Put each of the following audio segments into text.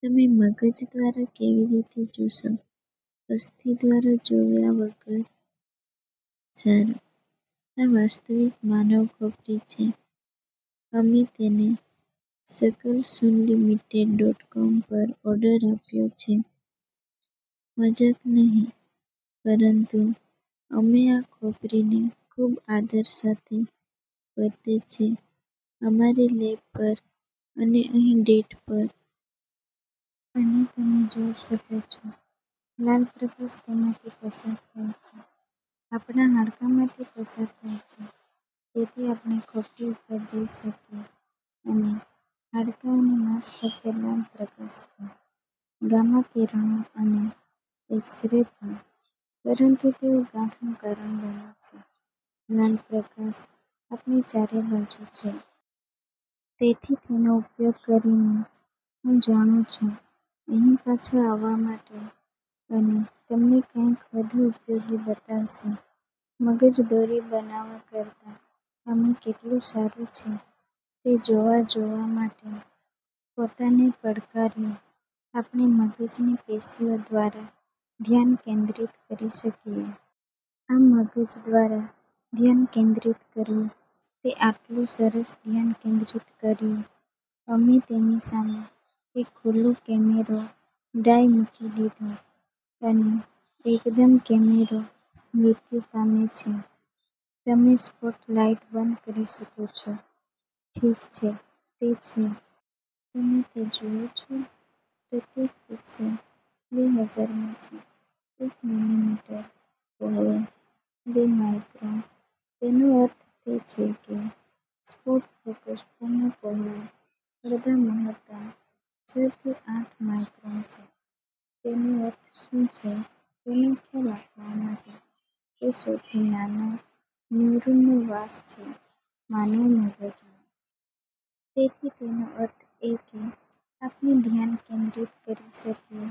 તમે મગજ દ્વારા કેવી રીતે જોશો અસ્થિ દ્વારા જોયા વગર? " સારું, આ વાસ્તવિક માનવ ખોપરી છે. અમે તેને સ્કલસુનલીમીટેડ. કોમ પર ઓર્ડર આપ્યો છે. મજાક નહિ. પરંતુ અમે આ ખોપરીને ખૂબ આદર સાથે વર્તે છે અમારી લેબ પર અને અહીં ટેડ પર. અને તમે જોઈ શકો છો, લાલ પ્રકાશ તેમાંથી પસાર થાય છે. આપણા હાડકાંમાંથી પસાર થાય છે. તેથી આપણે ખોપરી ઉપર જઈ શકીએ અને હાડકાં અને માંસ ફક્ત લાલ પ્રકાશથી. ગામા કિરણો અને એક્સ-રે પણ, પરંતુ તેઓ ગાંઠનું કારણ બને છે લાલ પ્રકાશ આપણી ચારે બાજુ છે. તેથી, તેનો ઉપયોગ કરીને, હું જાઉં છું અહીં પાછા આવવા માટે અને તમને કંઈક વધુ ઉપયોગી બતાવશે મગજ દોરી બનાવવા કરતાં અમે કેટલું સારું છે તે જોવા જોવા માટે પોતાને પડકાર્યો આપણે મગજની પેશીઓ દ્વારા ધ્યાન કેન્દ્રિત કરી શકીએ. આ મગજ દ્વારા ધ્યાન કેન્દ્રિત કરવું, તે આટલું સરસ ધ્યાન કેન્દ્રિત કર્યું, અમે તેનીસામે એક ખુલ્લો કેમેરો ડાઇ મૂકી દીધો. અને એકદમ કેમેરો મૃત્યુ પામે છે. તમે સ્પોટલાઇટ બંધ કરી શકો છો? ઠીક છે, તે છે. તમે તે જુઓ છો? પ્રત્યેક પિક્સેલ બે-હજારમો છે એક મીલીમીટર પહોળું. બે માઇક્રોન. તેનો અર્થ તે છે કે સ્પોટ ફોકસ પૂર્ણ પહોળાઈ અડધા મહત્તમ છ થી આઠ માઇક્રોન છે. તેનો અર્થ શું છે તેનો ખ્યાલ આપવા માટે: તે સૌથી નાના ન્યુરોનનો વ્યાસ છે માનવ મગજમાં. તેથી તેનો અર્થ એ કે આપણે ધ્યાન કેન્દ્રિત કરી શકીએ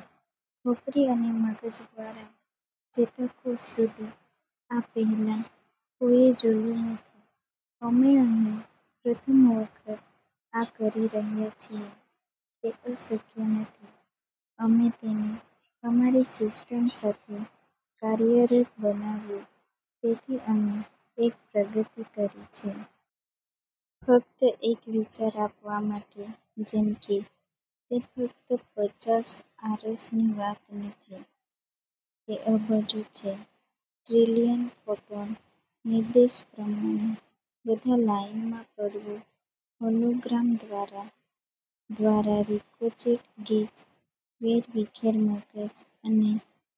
ખોપરી અને મગજદ્વારા ચેતાકોષ સુધી. આ પહેલાં કોઈએ જોયું નથી, અમે અહીં પ્રથમ વખત આ કરી રહ્યા છીએ. તે અશક્ય નથી. અમે તેને અમારી સિસ્ટમ સાથે કાર્યરત બનાવ્યું, તેથી અમે એક પ્રગતિ કરી છે. ફક્ત એક વિચાર આપવા માટે જેમ કે, તે ફક્ત પચાસ આરસની વાત નથી. તે અબજો છે, ટ્રિલિયન ફોટોન, નિર્દેશ પ્રમાણે બધા લાઇનમાં પડવું હોલોગ્રામ દ્વારા, દ્વારા રિકોચેટ ગીચ વેરવિખેર મગજ, અને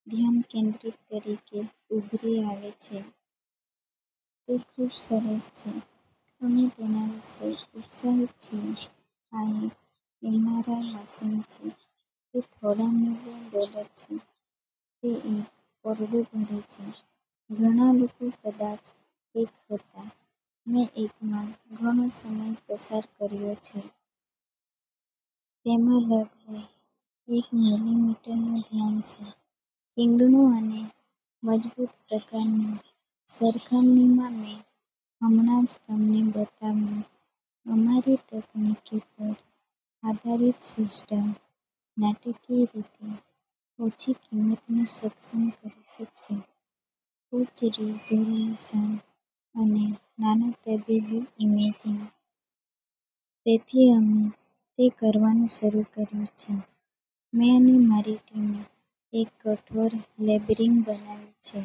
ધ્યાન કેન્દ્રિત તરીકે ઉભરી આવે છે. તે ખૂબ સરસ છે. અમે તેના વિશે ઉત્સાહિત છીએ. આ એક એમઆરઆઈ મશીન છે. તે થોડા મિલિયન ડોલર છે, તે એક ઓરડો ભરે છે, ઘણા લોકો કદાચ એક હતા. મેં એકમાં ઘણો સમય પસાર કર્યો છે. તેમાં લગભગ એક મીલીમીટરનું ધ્યાન છે ઠીંગણું અને મજબૂત પ્રકારની, સરખામણીમાં મેં હમણાં જ તમને બતાવ્યું અમારી તકનીકી પર આધારિત સિસ્ટમ નાટકીય રીતે ઓછી કિંમતને સક્ષમ કરી શકશે, ઉચ્ચ રીઝોલ્યુશન અને નાના તબીબી ઇમેજિંગ. તેથી અમે તે કરવાનું શરૂ કર્યું છે મેં અને મારી ટીમે એક કઠોર, લેબ રિગ બનાવી છે